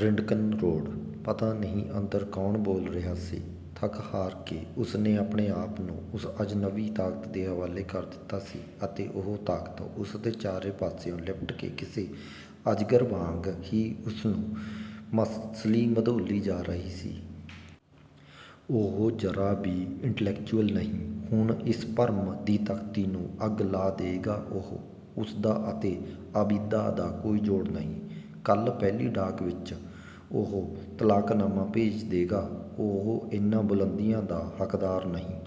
ਰਿਡਕਨ road. ਪਤਾ ਨਹੀਂ ਅੰਦਰ ਕੌਣ ਬੋਲ ਰਿਹਾ ਸੀ! ਥੱਕ-ਹਾਰ ਕੇ ਉਸਨੇ ਆਪਣੇ ਆਪ ਨੂੰ ਉਸ ਅਜਨਬੀ ਤਾਕਤ ਦੇ ਹਵਾਲੇ ਕਰ ਦਿੱਤਾ ਸੀ ਤੇ ਉਹ ਤਾਕਤ ਉਸਦੇ ਚਾਰੇ ਪਾਸਿਓਂ ਲਿਪਟ ਕੇ ਕਿਸੇ ਅਜਗਰ ਵਾਂਗ ਹੀ ਉਸਨੂੰ ਮਸਲੀ-ਮਧੋਲੀ ਜਾ ਰਹੀ ਸੀ। ਉਹ ਜ਼ਰਾ ਵੀ 'ਇੰਟਲੈਕਚੁਅਲ' ਨਹੀਂ, ਹੁਣ ਇਸ ਭਰਮ ਦੀ ਤਖ਼ਤੀ ਨੂੰ ਅੱਗ ਲਾ ਦੇਗਾ ਉਹ। ਉਸਦਾ ਤੇ ਆਬਿਦਾ ਦਾ ਕੋਈ ਜੋੜ ਨਹੀਂ। ਕੱਲ੍ਹ ਪਹਿਲੀ ਡਾਕ ਵਿੱਚ ਉਹ ਤਲਾਕਨਾਮਾ ਭੇਜ ਦੇਗਾ। ਉਹ ਇਹਨਾਂ ਬੁਲੰਦੀਆਂ ਦਾ ਹੱਕਦਾਰ ਨਹੀਂ।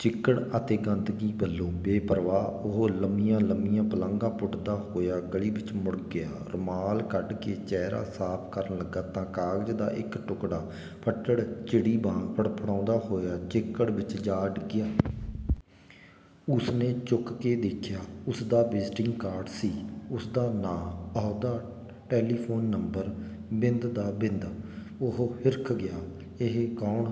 ਚਿੱਕੜ ਤੇ ਗੰਦਗੀ ਵੱਲੋਂ ਬੇਪ੍ਰਵਾਹ ਉਹ ਲੰਮੀਆਂ-ਲੰਮੀਆਂ ਪਲਾਂਘਾਂ ਪੁੱਟਦਾ ਹੋਇਆ ਗਲੀ ਵਿੱਚ ਮੁੜ ਗਿਆ। ਰੁਮਾਲ ਕੱਢ ਕੇ ਚਿਹਰਾ ਸਾਫ਼ ਕਰਨ ਲੱਗਾ ਤਾਂ ਕਾਗਜ਼ ਦਾ ਇੱਕ ਟੁਕੜਾ ਫੱਟੜ-ਚਿੜੀ ਵਾਂਗ ਫੜਫੜਾਉਂਦਾ ਹੋਇਆ ਚਿੱਕੜ ਵਿੱਚ ਜਾ ਡਿੱਗਿਆ। ਉਸਨੇ ਚੁੱਕ ਕੇ ਦੇਖਿਆ, ਉਸਦਾ ਵਿਜ਼ਿਟਿੰਗ ਕਾਰਡ ਸੀ। ਉਸਦਾ ਨਾਂ, ਅਹੁਦਾ, ਟੈਲੀਫ਼ੋਨ ਨੰਬਰ, ਬਿੰਦ ਦਾ ਬਿੰਦ। ਉਹ ਹਿਰਖ ਗਿਆ, 'ਇਹ ਕੌਣ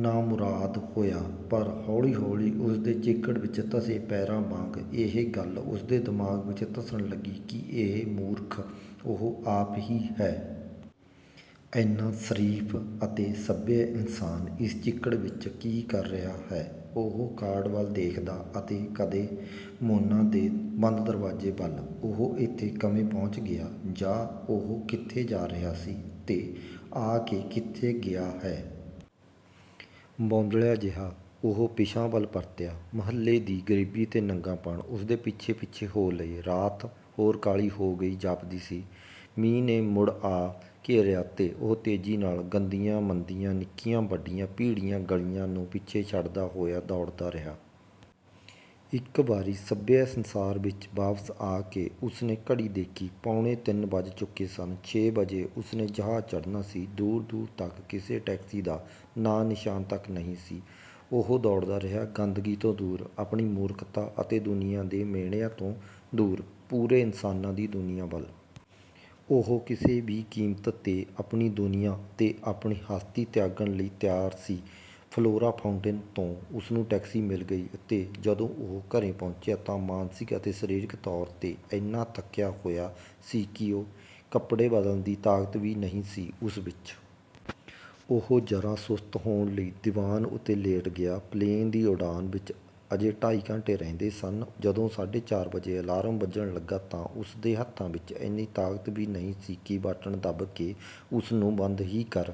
ਨਾਮੁਰਾਦ ਹੋਇਆ?' ਪਰ ਹੌਲੀ-ਹੌਲੀ ਉਸਦੇ ਚਿੱਕੜ ਵਿੱਚ ਧਸੇ ਪੈਰਾਂ ਵਾਂਗ ਇਹ ਗੱਲ ਉਸਦੇ ਦਿਮਾਗ਼ ਵਿੱਚ ਧਸਣ ਲੱਗੀ ਕਿ ਇਹ ਮੂਰਖ ਉਹ ਆਪ ਹੀ ਹੈ। ਇੰਨਾ ਸ਼ਰੀਫ਼ ਤੇ ਸੱਭਿਅ ਇਨਸਾਨ ਇਸ ਚਿੱਕੜ ਵਿੱਚ ਕੀ ਕਰ ਰਿਹਾ ਹੈ? ਉਹ ਕਾਰਡ ਵੱਲ ਦੇਖਦਾ ਤੇ ਕਦੇ ਮੋਨਾ ਦੇ ਬੰਦ ਦਰਵਾਜ਼ੇ ਵੱਲ। ਉਹ ਇੱਥੇ ਕਿਵੇਂ ਪਹੁੰਚ ਗਿਆ? ਜਾਂ ਉਹ ਕਿੱਥੇ ਜਾ ਰਿਹਾ ਸੀ, ਤੇ ਆ ਕੇ ਕਿੱਥੇ ਗਿਆ ਹੈ? ਬੌਂਦਲਿਆ ਜਿਹਾ ਉਹ ਪਿਛਾਂਹ ਵੱਲ ਪਰਤਿਆ, ਮੁਹੱਲੇ ਦੀ ਗਰੀਬੀ ਤੇ ਨੰਗਾਪਣ ਉਸਦੇ ਪਿੱਛੇ-ਪਿੱਛੇ ਹੋ ਲਏ। ਰਾਤ, ਹੋਰ ਕਾਲੀ ਹੋ ਗਈ ਜਾਪਦੀ ਸੀ। ਮੀਂਹ ਨੇ ਮੁੜ ਆ ਘੇਰਿਆ ਤੇ ਉਹ ਤੇਜ਼ੀ ਨਾਲ ਗੰਦੀਆਂ-ਮੰਦੀਆਂ, ਨਿੱਕੀਆਂ-ਵੱਡੀਆਂ, ਭੀੜੀਆਂ ਗਲੀਆਂ ਨੂੰ ਪਿੱਛੇ ਛੱਡਦਾ ਹੋਇਆ ਦੌੜਦਾ ਰਿਹਾ। ਇੱਕ ਵਾਰੀ ਸੱਭਿਅ ਸੰਸਾਰ ਵਿੱਚ ਵਾਪਸ ਆ ਕੇ ਉਸਨੇ ਘੜੀ ਦੇਖੀ, ਪੌਣੇ ਤਿੰਨ ਵੱਜ ਚੁੱਕੇ ਸਨ, ਛੇ ਵਜੇ ਉਸਨੇ ਜਹਾਜ਼ ਚੜ੍ਹਨਾ ਸੀ। ਦੂਰ-ਦੂਰ ਤੱਕ ਕਿਸੇ ਟੈਕਸੀ ਦਾ ਨਾਂ-ਨਿਸ਼ਾਨ ਤੱਕ ਨਹੀਂ ਸੀ। ਉਹ ਦੌੜਦਾ ਰਿਹਾ, ਗੰਦਗੀ ਤੋਂ ਦੂਰ, ਆਪਣੀ ਮੂਰਖਤਾ ਤੇ ਦੁਨੀਆਂ ਦੇ ਮਿਹਣਿਆਂ ਤੋਂ ਦੂਰ, ਪੂਰੇ ਇਨਸਾਨਾਂ ਦੀ ਦੁਨੀਆਂ ਵੱਲ। ਉਹ ਕਿਸੇ ਵੀ ਕੀਮਤ 'ਤੇ ਆਪਣੀ ਦੁਨੀਆਂ ਤੇ ਆਪਣੀ ਹਸਤੀ ਤਿਆਗਣ ਲਈ ਤਿਆਰ ਸੀ। ਫਲੋਰਾ ਫਾਊਂਟੈਨ ਤੋਂ ਉਸਨੂੰ ਟੈਕਸੀ ਮਿਲ ਗਈ ਤੇ ਜਦੋਂ ਉਹ ਘਰੇ ਪਹੁੰਚਿਆ ਤਾਂ ਮਾਨਸਿਕ ਤੇ ਸਰੀਰਕ ਤੌਰ 'ਤੇ ਇੰਨਾ ਥੱਕਿਆ ਹੋਇਆ ਸੀ ਕਿ ਕੱਪੜੇ ਬਦਲਣ ਦੀ ਤਾਕਤ ਵੀ ਨਹੀਂ ਸੀ ਉਸ ਵਿੱਚ। ਉਹ ਜ਼ਰਾ ਸੁਸਤ ਹੋਣ ਲਈ ਦੀਵਾਨ ਉੱਤੇ ਲੇਟ ਗਿਆ, ਪਲੇਨ ਦੀ ਉਡਾਨ ਵਿੱਚ ਅਜੇ ਢਾਈ ਘੰਟੇ ਰਹਿੰਦੇ ਸਨ। ਜਦੋਂ ਸਾਢੇ ਚਾਰ ਵਜੇ ਅਲਾਰਮ ਵੱਜਣ ਲੱਗਾ ਤਾਂ ਉਸਦੇ ਹੱਥਾਂ ਵਿੱਚ ਇੰਨੀ ਤਾਕਤ ਵੀ ਨਹੀਂ ਸੀ ਕਿ ਬਟਨ ਦੱਬ ਕੇ ਉਸਨੂੰ ਬੰਦ ਹੀ ਕਰ